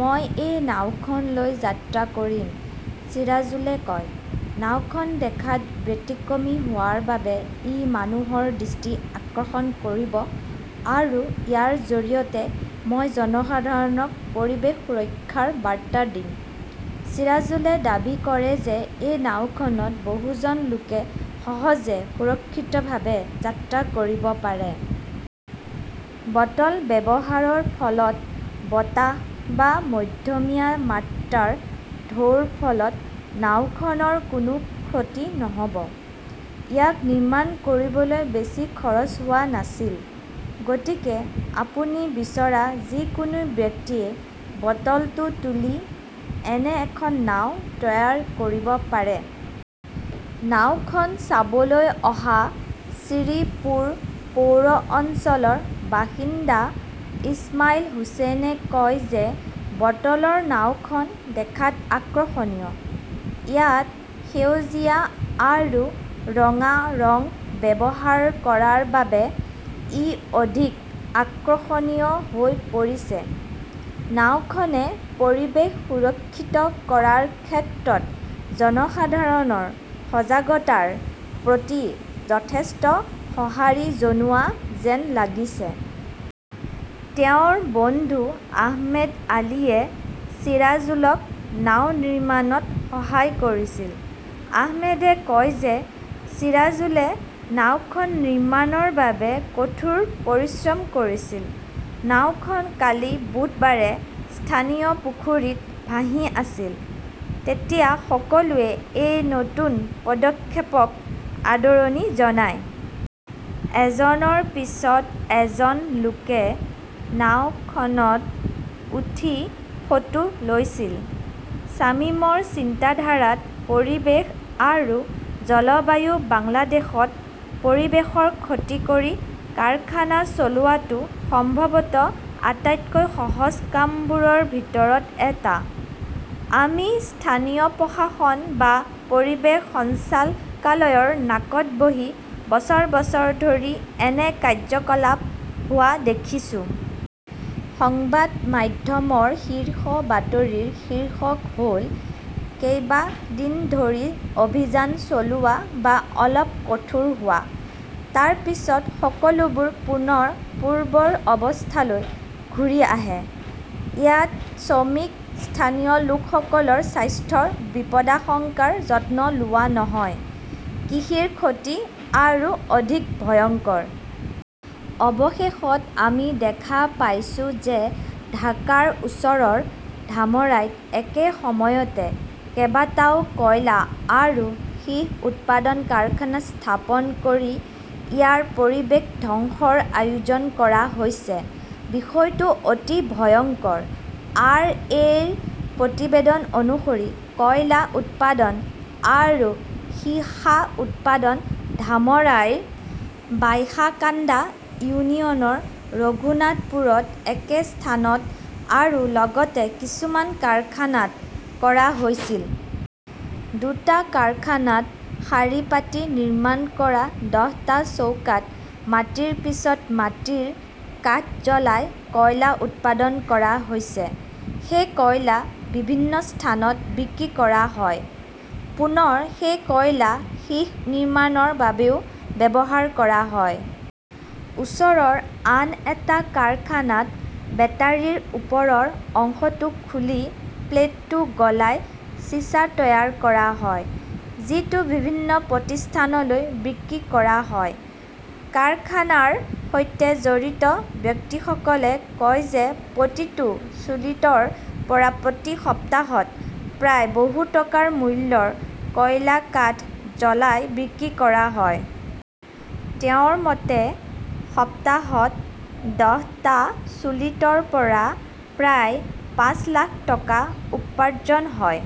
মই এই নাওখন লৈ যাত্ৰা কৰিম, চিৰাজুলে কয়। নাওখন দেখাত ব্যতিক্ৰমী হোৱাৰ বাবে ই মানুহৰ দৃষ্টি আকৰ্ষণ কৰিব আৰু ইয়াৰ জৰিয়তে মই জনসাধাৰণক পৰিৱেশ সুৰক্ষাৰ বাৰ্তা দিম। চিৰাজুলে দাবী কৰে যে এই নাওখনত বহুজন লোকে সহজে সুৰক্ষিতভাৱে যাত্ৰা কৰিব পাৰে। বটল ব্যৱহাৰৰ ফলত বতাহ বা মধ্যমীয়া মাত্ৰাৰ ঢৌৰ ফলত নাওখনৰ কোনো ক্ষতি নহ'ব। ইয়াক নিৰ্মাণ কৰিবলৈ বেছি খৰচ হোৱা নাছিল। গতিকে আপুনি বিচৰা যিকোনো ব্যক্তিয়ে বটলটো তুলি এনে এখন নাও তৈয়াৰ কৰিব পাৰে। নাওখন চাবলৈ অহা শ্ৰীপুৰ পৌৰ অঞ্চলৰ বাসিন্দা ইছমাইল হুচেইনে কয় যে বটলৰ নাওখন দেখাত আকৰ্ষণীয়। ইয়াত সেউজীয়া আৰু ৰঙা ৰং ব্যৱহাৰ কৰাৰ বাবে ই অধিক আকৰ্ষণীয় হৈ পৰিছে। নাওখনে পৰিৱেশ সুৰক্ষিত কৰাৰ ক্ষেত্ৰত জনসাধাৰণৰ সজাগতাৰ প্ৰতি যথেষ্ট সঁহাৰি জনোৱা যেন লাগিছে। তেওঁৰ বন্ধু আহমেদ আলীয়ে ছিৰাজুলক নাও নিৰ্মাণত সহায় কৰিছিল। আহমেদে কয় যে চিৰাজুলে নাওখন নিৰ্মাণৰ বাবে কঠোৰ পৰিশ্ৰম কৰিছিল। নাওখন কালি বুধবাৰে স্থানীয় পুখুৰীত ভাহি আছিল। তেতিয়া সকলোৱে এই নতুন পদক্ষেপক আদৰণি জনায়। এজনৰ পিছত এজন লোকে নাওখনত উঠি ফটো লৈছিল। শ্বামিমৰ চিন্তাধাৰাত পৰিৱেশ আৰু জলবায়ু বাংলাদেশত পৰিৱেশৰ ক্ষতি কৰি কাৰখানা চলোৱাটো সম্ভৱতঃ আটাইতকৈ সহজ কামবোৰৰ ভিতৰত এটা। আমি স্থানীয় প্ৰশাসন বা পৰিৱেশ সঞ্চালকালয়ৰ নাকত বহি বছৰ বছৰ ধৰি এনে কাৰ্যকলাপ হোৱা দেখিছোঁ। সংবাদ মাধ্যমৰ শীৰ্ষ বাতৰিৰ শীৰ্ষক হ'ল কেইবা দিন ধৰি অভিযান চলোৱা বা অলপ কঠোৰ হোৱা, তাৰ পিছত সকলোবোৰ পুনৰ পূৰ্বৰ অৱস্থালৈ ঘূৰি আহে। ইয়াত শ্ৰমিক, স্থানীয় লোকসকলৰ স্বাস্থ্যৰ বিপদাশংকাৰ যত্ন লোৱা নহয়। কৃষিৰ ক্ষতি আৰু অধিক ভয়ংকৰ। অৱশেষত আমি দেখা পাইছো যে ঢাকাৰ ওচৰৰ ধামৰাইত একে সময়তে কেইবাটাও কয়লা আৰু সীহ উৎপাদন কাৰখানা স্থাপন কৰি ইয়াৰ পৰিৱেশ ধ্বংসৰ আয়োজন কৰা হৈছে। বিষয়টো অতি ভয়ংকৰ। আৰ. এ. -ৰ প্ৰতিবেদন অনুসৰি, কয়লা উৎপাদন আৰু সীসা উৎপাদন ধামাৰাইৰ বাইশাকাণ্ডা ইউনিয়নৰ ৰঘুনাথপুৰত একে স্থানত আৰু লগতে কিছুমান কাৰখানাত কৰা হৈছিল। দুটা কাৰখানাত শাৰী পাতি নিৰ্মাণ কৰা দহটা চৌকাত মাটিৰ পিছত মাটিৰ কাঠ জ্বলাই কয়লা উৎপাদন কৰা হৈছে। সেই কয়লা বিভিন্ন স্থানত বিক্ৰী কৰা হয়। পুনৰ সেই কয়লা সীহ নিৰ্মাণৰ বাবেও ব্যৱহাৰ কৰা হয়। ওচৰৰ আন এটা কাৰখানাত বেটাৰীৰ ওপৰৰ অংশটো খুলি প্লেটটো গলাই চিছা তৈয়াৰ কৰা হয়, যিটো বিভিন্ন প্ৰতিষ্ঠানলৈ বিক্ৰী কৰা হয়। কাৰখানাৰ সৈতে জড়িত ব্যক্তিসকলে কয় যে প্ৰতিটো চুলিতৰ পৰা প্ৰতি সপ্তাহত প্ৰায় বহু টকা মূল্যৰ কয়লা কাঠ জ্বলাই বিক্ৰী কৰা হয়। তেওঁৰ মতে, সপ্তাহত দহটা চুলিতৰ পৰা প্ৰায় পাঁচ লাখ টকা উপাৰ্জন হয়।